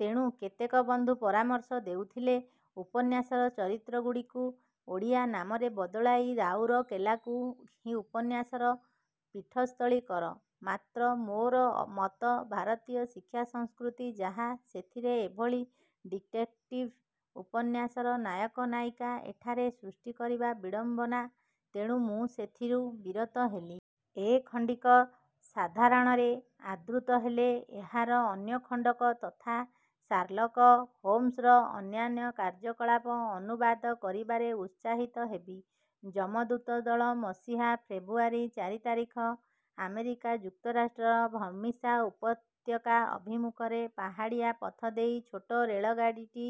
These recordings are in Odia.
ତେଣୁ କେତେକ ବନ୍ଧୁ ପରାମର୍ଶ ଦେଉଥିଲେ, ଉପନ୍ୟାସର ଚରିତ୍ରଗୁଡ଼ିକୁ ଓଡ଼ିଆ ନାମରେ ବଦଳାଇ ରାଉରକେଲାକୁ ହିଁ ଉପନ୍ୟାସର ପୀଠସ୍ଥଳୀ କର। ମାତ୍ର ମୋର ମତ, ଭାରତୀୟ ଶିକ୍ଷା ସଂସ୍କୃତି ଯାହା, ସେଥିରେ ଏଭଳି ଡିକେଟ୍ଟିଭ ଉପନ୍ୟାସର ନାୟକ-ନାୟିକା ଏଠାରେ ସୃଷ୍ଟି କରିବା ବିଡ଼ମ୍ବନା। ତେଣୁ ମୁଁ ସେଥିରୁ ବିରତ ହେଲି। ଏ ଖଣ୍ଡିକ ସାଧାରଣରେ ଆଦୃତ ହେଲେ, ଏହାର ଅନ୍ୟ ଖଣ୍ଡକ ତଥା 'ଶାର୍ଲକ ହୋମ୍ସ'ର ଅନ୍ୟାନ୍ୟ କାର୍ଯ୍ୟକଳାପ ଅନୁବାଦ କରିବାରେ ଉତ୍ସାହିତ ହେବି। 'ଯମଦୂତ' ଦଳ ମସିହା ଫେବୃୟାରୀ ଚାରି ତାରିଖ। ଆମେରିକା ଯୁକ୍ତରାଷ୍ଟ୍ରର ଭର୍ମିସା ଉପତ୍ୟକା ଅଭିମୁଖରେ ପାହାଡ଼ିଆ ପଥ ଦେଇ ଛୋଟ ରେଳଗାଡ଼ିଟି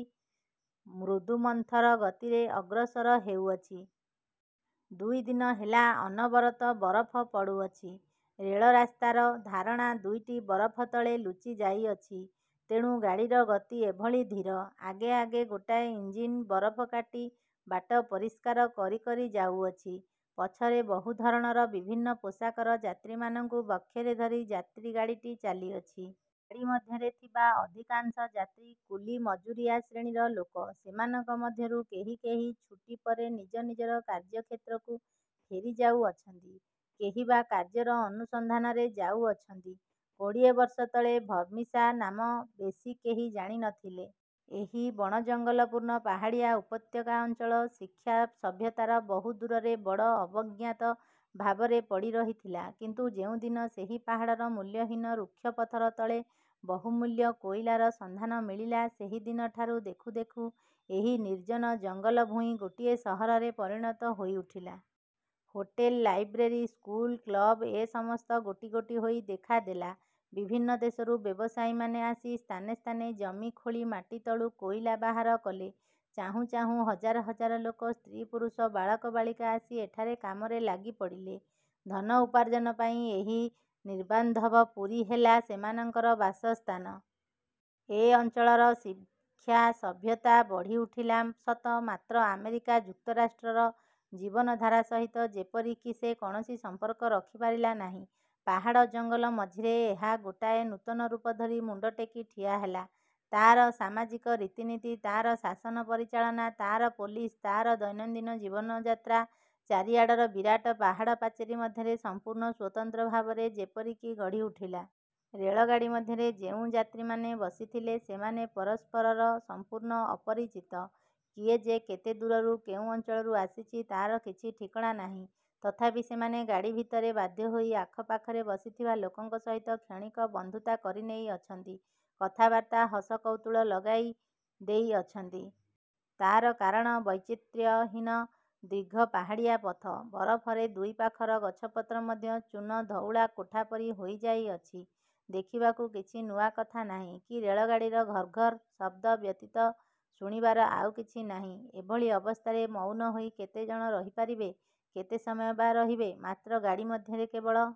ମୃଦୁମନ୍ଥର ଗତିରେ ଅଗ୍ରସର ହେଉଅଛି। ଦୁଇ ଦିନ ହେଲା ଅନବରତ ବରଫ ପଡ଼ୁଅଛି। ରେଳରାସ୍ତାର ଧାରଣା ଦୁଇଟି ବରଫତଳେ ଲୁଚିଯାଇଅଛି। ତେଣୁ ଗାଡ଼ିର ଗତି ଏଭଳି ଧୀର। ଆଗେଆଗେ ଗୋଟାଏ ଇଞ୍ଜିନ ବରଫ କାଟି ବାଟ ପରିଷ୍କାର କରିକରି ଯାଉଅଛି। ପଛରେ ବହୁ ଧରଣର, ବିଭିନ୍ନ ପୋଷାକର ଯାତ୍ରୀମାନଙ୍କୁ ବକ୍ଷରେ ଧରି ଯାତ୍ରୀଗାଡ଼ିଟି ଚାଲିଅଛି। ଗାଡ଼ି ମଧ୍ୟରେ ଥିବା ଅଧିକାଂଶ ଯାତ୍ରୀ କୁଲି ମଜୁରିଆ ଶ୍ରେଣୀର ଲୋକ। ସେମାନଙ୍କ ମଧ୍ୟରୁ କେହି କେହି ଛୁଟି ପରେ ନିଜ ନିଜ କାର୍ଯ୍ୟକ୍ଷେତ୍ରକୁ ଫେରିଯାଉଅଛନ୍ତି; କେହି ବା କାର୍ଯ୍ୟର ଅନୁସନ୍ଧାନରେ ଯାଉଅଛନ୍ତି। କୋଡ଼ିଏ ବର୍ଷ ତଳେ ଭର୍ମିସା ନାମ ବେଶୀ କେହି ଜାଣି ନ ଥିଲେ। ଏହି ବଣଜଙ୍ଗଲପୂର୍ଣ୍ଣ ପାହାଡ଼ିଆ ଉପତ୍ୟକା ଅଞ୍ଚଳ ଶିକ୍ଷା ସଭ୍ୟତାର ବହୁ ଦୂରରେ ବଡ଼ ଅବଜ୍ଞାତ ଭାବରେ ପଡ଼ି ରହିଥିଲା। କିନ୍ତୁ ଯେଉଁ ଦିନ ସେହି ପାହାଡ଼ର ମୂଲ୍ୟହୀନ ରୁକ୍ଷ ପଥର ତଳେ ବହୁମୂଲ୍ୟ କୋଇଲାର ସନ୍ଧାନ ମିଳିଲା, ସେହି ଦିନଠାରୁ ଦେଖୁଦେଖୁ ଏହି ନିର୍ଜନ ଜଙ୍ଗଲଭୂଇଁ ଗୋଟିଏ ସହରରେ ପରିଣତ ହୋଇଉଠିଲା। ହୋଟେଲ, ଲାଇବ୍ରେରୀ, ସ୍କୁଲ, କ୍ଳବ-ଏ ସମସ୍ତ ଗୋଟିଗୋଟି ହୋଇ ଦେଖାଦେଲା। ବିଭିନ୍ନ ଦେଶରୁ ବ୍ୟବସାୟୀମାନେ ଆସି ସ୍ଥାନେସ୍ଥାନେ ଜମି ଖୋଳି ମାଟିତଳୁ କୋଇଲା ବାହାର କଲେ। ଚାହୁଁ ଚାହୁଁ ହଜାର ହଜାର ଲୋକ-ସ୍ତ୍ରୀ ପୁରୁଷ, ବାଳକ ବାଳିକା ଆସି ଏଠାରେ କାମରେ ଲାଗିପଡ଼ିଲେ। ଧନ ଉପାର୍ଜନ ପାଇଁ ଏହି ନିର୍ବାନ୍ଧବ ପୁରୀ ହେଲା ସେମାନଙ୍କର ବାସସ୍ଥାନ। ଏ ଅଞ୍ଚଳର ଶିକ୍ଷା ସଭ୍ୟତା ବଢ଼ିଉଠିଲା ସତ; ମାତ୍ର ଆମେରିକା ଯୁକ୍ତରାଷ୍ଟ୍ରର ଜୀବନଧାରା ସହିତ ଯେପରି କି ସେ କୌଣସି ସମ୍ପର୍କ ରଖିପାରିଲା ନାହିଁ-। ପାହାଡ଼ ଜଙ୍ଗଲ ମଝିରେ ଏହା ଗୋଟାଏ ନୂତନ ରୂପ ଧରି ମୁଣ୍ଡ ଟେକି ଠିଆହେଲା। ତାର ସାମାଜିକ ରୀତିନୀତି, ତାର ଶାସନ ପରିଚାଳନା, ତାର ପୋଲିସ, ତାର ଦୈନନ୍ଦିନ ଜୀବନଯାତ୍ରା ଚାରିଆଡ଼ର ବିରାଟ ପାହାଡ଼ ପାଚେରୀ ମଧ୍ୟରେ ସମ୍ପୂର୍ଣ୍ଣ ସ୍ୱତନ୍ତ୍ର ଭାବରେ ଯେପରି କି ଗଢ଼ିଉଠିଲା-। ରେଳଗାଡ଼ି ମଧ୍ୟରେ ଯେଉଁ ଯାତ୍ରୀମାନେ ବସିଥିଲେ, ସେମାନେ ପରସ୍ପରର ସମ୍ପୂର୍ଣ୍ଣ ଅପରିଚିତ। କିଏ ଯେ କେତେ ଦୂରରୁ, କେଉଁ ଅଞ୍ଚଳରୁ ଆସିଛି, ତାର କିଛି ଠିକଣା ନାହିଁ। ତଥାପି ସେମାନେ ଗାଡ଼ିଭିତରେ ବାଧ୍ୟ ହୋଇ ଆଖପାଖରେ ବସିଥିବା ଲୋକଙ୍କ ସହିତ କ୍ଷଣିକ ବନ୍ଧୁତା କରିନେଇଅଛନ୍ତି; କଥାବାର୍ତ୍ତା, ହସକୌତୁକ ଲଗାଇ ଦେଇଅଛନ୍ତି। ତାର କାରଣ, ବୈଚିତ୍ର୍ୟହୀନ ଦୀର୍ଘ ପାହାଡ଼ିଆ ପଥ। ବରଫରେ ଦୁଇ ପାଖର ଗଛପତ୍ର ମଧ୍ୟ ଚୂନଧଉଳା କୋଠା ପରି ହୋଇଯାଇଅଛି। ଦେଖିବାକୁ କିଛି ନୂଆ କଥା ନାହିଁ କି ରେଳଗାଡ଼ିର ଘର୍ଘର ଶବ୍ଦ ବ୍ୟତୀତ ଶୁଣିବାର ଆଉ କିଛି ନାହିଁ। ଏଭଳି ଅବସ୍ଥାରେ ମଉନ ହୋଇ କେତେ ଜଣ ରହିପାରିବେ? କେତେ ସମୟ ବା ରହିବେ? ମାତ୍ର ଗାଡ଼ି ମଧ୍ୟରେ କେବଳ